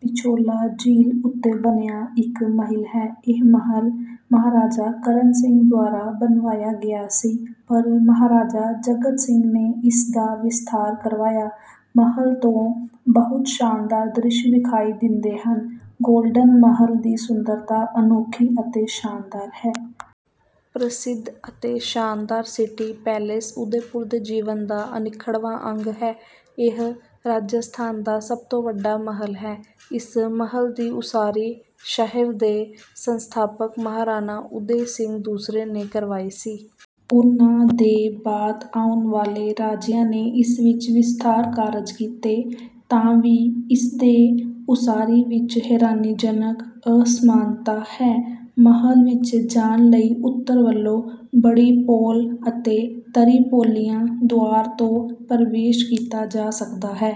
ਪਿਛੋਲਾ ਝੀਲ ਉੱਤੇ ਬਣਿਆ ਇੱਕ ਮਹਿਲ ਹੈ। ਇਹ ਮਹਲ ਮਹਾਰਾਜਾ ਕਰਣ ਸਿੰਘ ਦੁਆਰਾ ਬਣਵਾਇਆ ਗਿਆ ਸੀ, ਪਰ ਮਹਾਰਾਜਾ ਜਗਤ ਸਿੰਘ ਨੇ ਇਸ ਦਾ ਵਿਸਥਾਰ ਕਰਵਾਇਆ। ਮਹਲ ਤੋਂ ਬਹੁਤ ਸ਼ਾਨਦਾਰ ਦ੍ਰਿਸ਼ ਵਿਖਾਈ ਦਿੰਦੇ ਹਨ, ਗੋਲਡਨ ਮਹਲ ਦੀ ਸੁੰਦਰਤਾ ਅਨੋਖੀ ਅਤੇ ਸ਼ਾਨਦਾਰ ਹੈ। ਪ੍ਰਸਿੱਧ ਅਤੇ ਸ਼ਾਨਦਾਰ ਸਿਟੀ ਪੈਲੇਸ ਉਦੈਪੁਰ ਦੇ ਜੀਵਨ ਦਾ ਅਨਿੱਖੜਵਾਂ ਅੰਗ ਹੈ। ਇਹ ਰਾਜਸਥਾਨ ਦਾ ਸਭ ਤੋਂ ਵੱਡਾ ਮਹਲ ਹੈ। ਇਸ ਮਹਲ ਦੀ ਉਸਾਰੀ ਸ਼ਹਿਰ ਦੇ ਸੰਸਥਾਪਕ ਮਹਾਰਾਣਾ ਉਦੈ ਸਿੰਘ ਦੂਸਰੇ ਨੇ ਕਰਵਾਈ ਸੀ। ਉਨ੍ਹਾਂ ਦੇ ਬਾਅਦ ਆਉਣ ਵਾਲੇ ਰਾਜਿਆਂ ਨੇ ਇਸ ਵਿੱਚ ਵਿਸਥਾਰ ਕਾਰਜ ਕੀਤੇ। ਤਾਂ ਵੀ ਇਸ ਦੇ ਉਸਾਰੀ ਵਿੱਚ ਹੈਰਾਨੀਜਨਕ ਅਸਮਾਨਤਾ ਹੈ। ਮਹਲ ਵਿੱਚ ਜਾਣ ਲਈ ਉੱਤਰ ਵੱਲੋਂ ਬੜੀਪੋਲ ਅਤੇ ਤਰਿਪੋਲਿਆ ਦੁਆਰ ਤੋਂ ਪ੍ਰਵੇਸ਼ ਕੀਤਾ ਜਾ ਸਕਦਾ ਹੈ।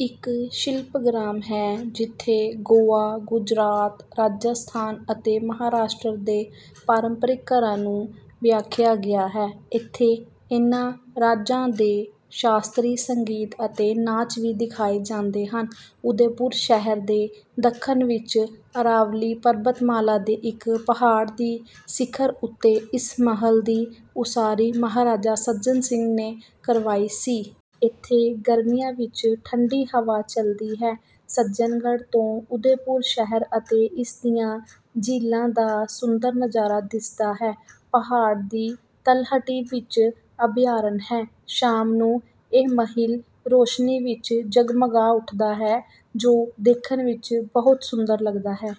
ਇੱਕ ਸ਼ਿਲਪਗ੍ਰਾਮ ਹੈ, ਜਿੱਥੇ ਗੋਆ, ਗੁਜਰਾਤ, ਰਾਜਸਥਾਨ ਅਤੇ ਮਹਾਰਾਸ਼ਟਰ ਦੇ ਪਾਰੰਪਰਿਕ ਘਰਾਂ ਨੂੰ ਵਿਖਾਇਆ ਗਿਆ ਹੈ। ਇੱਥੇ ਇਨ੍ਹਾਂ ਰਾਜਾਂ ਦੇ ਸ਼ਾਸਤਰੀ ਸੰਗੀਤ ਅਤੇ ਨਾਚ ਵੀ ਦਿਖਾਏ ਜਾਂਦੇ ਹਨ। ਉਦੈਪੁਰ ਸ਼ਹਿਰ ਦੇ ਦੱਖਣ ਵਿੱਚ ਅਰਾਵਲੀ ਪਰਬਤਮਾਲਾ ਦੇ ਇੱਕ ਪਹਾੜ ਦੀ ਸਿਖਰ ਉੱਤੇ ਇਸ ਮਹਲ ਦੀ ਉਸਾਰੀ ਮਹਾਰਾਜਾ ਸੱਜਨ ਸਿੰਘ ਨੇ ਕਰਵਾਈ ਸੀ। ਇੱਥੇ ਗਰਮੀਆਂ ਵਿੱਚ ਠੰਡੀ ਹਵਾ ਚੱਲਦੀ ਹੈ। ਸੱਜਨਗੜ੍ਹ ਤੋਂ ਉਦੈਪੁਰ ਸ਼ਹਿਰ ਅਤੇ ਇਸ ਦੀਆਂ ਝੀਲਾਂ ਦਾ ਸੁੰਦਰ ਨਜ਼ਾਰਾ ਦਿਸਦਾ ਹੈ। ਪਹਾੜ ਦੀ ਤਲਹਟੀ ਵਿੱਚ ਅਭਿਆਰਨ ਹੈ। ਸ਼ਾਮ ਨੂੰ ਇਹ ਮਹਿਲ ਰੋਸ਼ਨੀ ਵਿੱਚ ਜਗਮਗਾ ਉੱਠਦਾ ਹੈ, ਜੋ ਦੇਖਣ ਵਿੱਚ ਬਹੁਤ ਸੁੰਦਰ ਲਗਦਾ ਹੈ।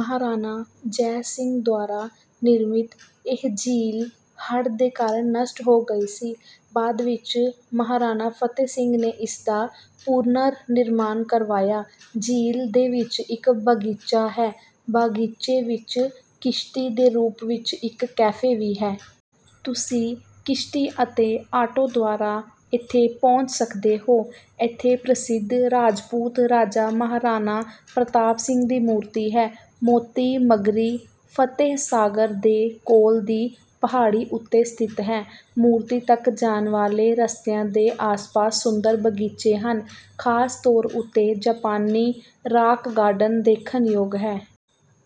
ਮਹਾਰਾਣਾ ਜੈ ਸਿੰਘ ਦੁਆਰਾ ਨਿਰਮਿਤ ਇਹ ਝੀਲ ਹੜ੍ਹ ਦੇ ਕਾਰਨ ਨਸ਼ਟ ਹੋ ਗਈ ਸੀ, ਬਾਅਦ ਵਿੱਚ ਮਹਾਰਾਣਾ ਫਤੇਹ ਸਿੰਘ ਨੇ ਇਸ ਦਾ ਪੁਨਰਨਿਰਮਾਣ ਕਰਵਾਇਆ। ਝੀਲ ਦੇ ਵਿੱਚ ਇੱਕ ਬਾਗੀਚਾ ਹੈ। ਬਾਗੀਚੇ ਵਿੱਚ ਕਿਸ਼ਤੀ ਦੇ ਰੂਪ ਦਾ ਇੱਕ ਕੈਫੇ ਵੀ ਹੈ। ਤੁਸੀਂ ਕਿਸ਼ਤੀ ਅਤੇ ਆਟੋ ਦੁਆਰਾ ਇੱਥੇ ਪਹੁੰਚ ਸਕਦੇ ਹੋ। ਇੱਥੇ ਪ੍ਰਸਿੱਧ ਰਾਜਪੂਤ ਰਾਜਾ ਮਹਾਰਾਣਾ ਪ੍ਰਤਾਪ ਦੀ ਮੂਰਤੀ ਹੈ। ਮੋਤੀ ਮਗਰੀ ਫਤੇਹਸਾਗਰ ਦੇ ਕੋਲ ਦੀ ਪਹਾੜੀ ਉੱਤੇ ਸਥਿਤ ਹੈ। ਮੂਰਤੀ ਤੱਕ ਜਾਣ ਵਾਲੇ ਰਸਤਿਆਂ ਦੇ ਆਸਪਾਸ ਸੁੰਦਰ ਬਗੀਚੇ ਹਨ, ਖਾਸ ਤੌਰ ਉੱਤੇ ਜਾਪਾਨੀ ਰਾਕ ਗਾਰਡਨ ਦੇਖਣਯੋਗ ਹੈ।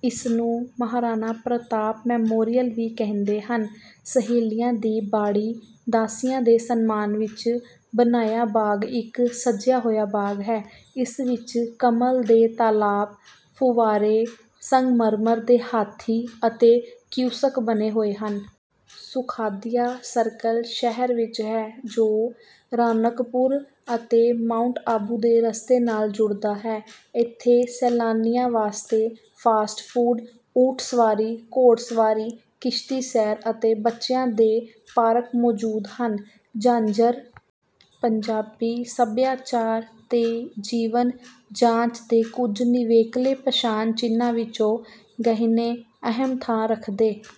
ਇਸਨੂੰ ਮਹਾਰਾਣਾ ਪ੍ਰਤਾਪ ਮੈਮੋਰੀਅਲ ਵੀ ਕਹਿੰਦੇ ਹਨ। ਸਹੇਲੀਆਂ ਦੀ ਬਾੜੀ ਦਾਸੀਆਂ ਦੇ ਸਨਮਾਨ ਵਿੱਚ ਬਣਾਇਆ ਬਾਗ ਇੱਕ ਸਜਿਆ ਹੋਇਆ ਬਾਗ ਹੈ। ਇਸ ਵਿੱਚ ਕਮਲ ਦੇ ਤਾਲਾਬ, ਫੁੱਵਾਰੇ, ਸੰਗਮਰਮਰ ਦੇ ਹਾਥੀ ਅਤੇ ਕਿਓਸਕ ਬਣੇ ਹੋਏ ਹਨ। ਸੁਖਾਦੀਆ ਸਰਕਲ ਸ਼ਹਿਰ ਵਿੱਚ ਹੈ, ਜੋ ਰਾਣਕਪੁਰ ਅਤੇ ਮਾਉਂਟ ਆਬੂ ਦੇ ਰਸਤੇ ਨਾਲ ਜੁੜਦਾ ਹੈ। ਇੱਥੇ ਸੈਲਾਨੀਆਂ ਵਾਸਤੇ ਫਾਸਟ ਫੂਡ, ਊਠ ਸਵਾਰੀ, ਘੋੜ ਸਵਾਰੀ, ਕਿਸ਼ਤੀ ਸੈਰ ਅਤੇ ਬੱਚਿਆਂ ਦੇ ਪਾਰਕ ਮੌਜੂਦ ਹਨ। ਝਾਂਜਰ ਪੰਜਾਬੀ ਸੱਭਿਆਚਾਰ ਤੇ ਜੀਵਨ ਜਾਚ ਦੇ ਕੁਝ ਨਿਵੇਕਲੇ ਪਛਾਣ ਚਿੰਨ੍ਹਾਂ ਵਿੱਚੋਂ ਗਹਿਣੇ ਅਹਿਮ ਥਾਂ ਰੱਖਦੇ